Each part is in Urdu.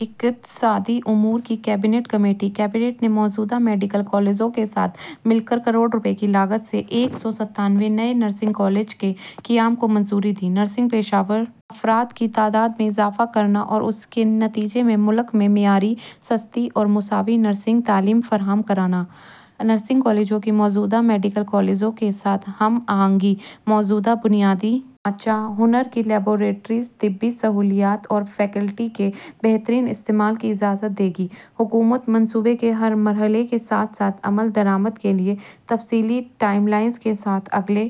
اقتصادی امور کی کابینہ کمیٹی کابینہ نے موجودہ میڈیکل کالجوں کے ساتھ مل کر کروڑ روپے کی لاگت سے ایک سو ستانوے نئے نرسنگ کالجوں کے قیام کو منظوری دی نرسنگ پیشہ ور افراد کی تعداد میں اضافہ کرنا اور اس کے نتیجے میں ملک میں معیاری سستی اور مساوی نرسنگ تعلیم فراہم کرنا نرسنگ کالجوں کی موجودہ میڈیکل کالجوں کے ساتھ ہم آہنگی موجودہ بنیادی ڈھانچہ ہنر کی لیبارٹریوں طبی سہولیات اور فیکلٹی کے بہترین استعمال کی اجازت دے گی حکومت منصوبے کے ہر مرحلے کے ساتھ ساتھ عمل درآمد کے لیے تفصیلی ٹائم لائنز کے ساتھ اگلے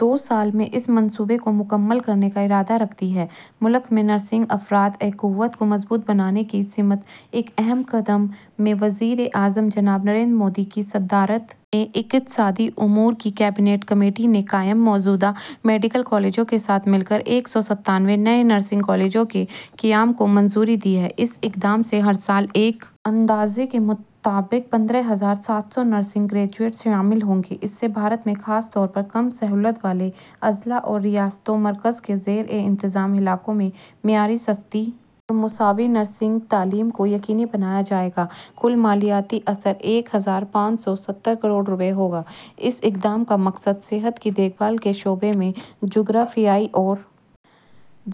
دو سال میں اس منصوبے کو مکمل کرنے کا ارادہ رکھتی ہے ملک میں نرسنگ افرادی قوت کو مضبوط بنانے کی سمت ایک اہم قدم میں وزیر اعظم جناب نریندر مودی کی صدارت میں اقتصادی امور کی کابینہ کمیٹی نے قائم موجودہ میڈیکل کالجوں کے ساتھ مل کر ایک سو ستانوے نئے نرسنگ کالجوں کے قیام کو منظوری دی ہے اس اقدام سے ہر سال ایک اندازے کے مطابق پندرہ ہزار سات سو نرسنگ گریجویٹس شامل ہوں گے اس سے بھارت میں خاص طور پر کم سہولت والے اضلاع اور ریاستوں مرکز کے زیر انتظام علاقوں میں معیاری سستی اور مساوی نرسنگ تعلیم کو یقینی بنایا جائے گا کل مالیاتی اثر ایک ہزار پانچ سو ستر کروڑ روپے ہوگا اس اقدام کا مقصد صحت کی دیکھ بھال کے شعبے میں جغرافیائی اور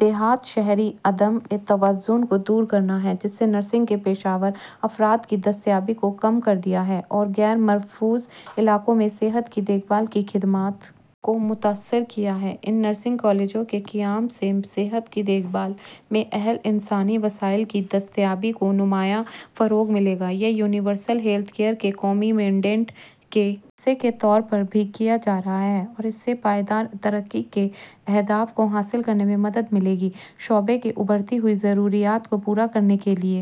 دیہی شہری عدم توازن کو دور کرنا ہے جس نے نرسنگ کے پیشہ ور افراد کی دستیابی کو کم کر دیا ہے اور غیر محفوظ علاقوں میں صحت کی دیکھ بھال کی خدمات کو متاثر کیا ہے ان نرسنگ کالجوں کے قیام سے صحت کی دیکھ بھال میں اہل انسانی وسائل کی دستیابی کو نمایاں فروغ ملے گا یہ یونیورسل ہیلتھ کیئر کے قومی مینڈیٹ کے حصے کے طور پر بھی کیا جا رہا ہے اور اس سے پائیدار ترقی کے اہداف کو حاصل کرنے میں مدد ملے گی شعبہ کی ابھرتی ہوئی ضروریات کو پورا کرنے کے لیے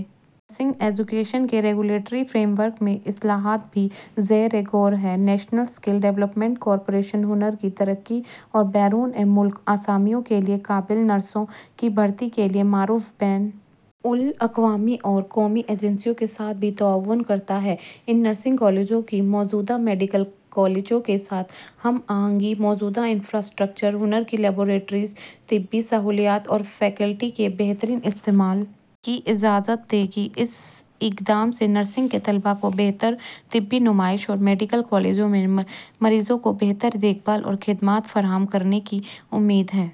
نرسنگ ایجوکیشن کے ریگولیٹری فریم ورک میں اصلاحات بھی زیر غور ہیں نیشنل اسکل ڈیولپمنٹ کارپوریشن ہنر کی ترقی اور بیرون ملک اسامیوں کے لیے قابل نرسوں کی بھرتی کے لیے معروف بین الاقوامی اور قومی ایجنسیوں کے ساتھ بھی تعاون کرتا ہے ان نرسنگ کالجوں کی موجودہ میڈیکل کالجوں کے ساتھ ہم آہنگی موجودہ انفراسٹرکچر ہنر کی لیبارٹریوں طبی سہولیات اور فیکلٹی کے بہترین استعمال کی اجازت دے گی اس اقدام سے نرسنگ کے طالب علموں کو بہتر طبی نمائش اور میڈیکل کالجوں میں مریضوں کو بہتر دیکھ بھال اور خدمات فراہم کرنے کی امید ہے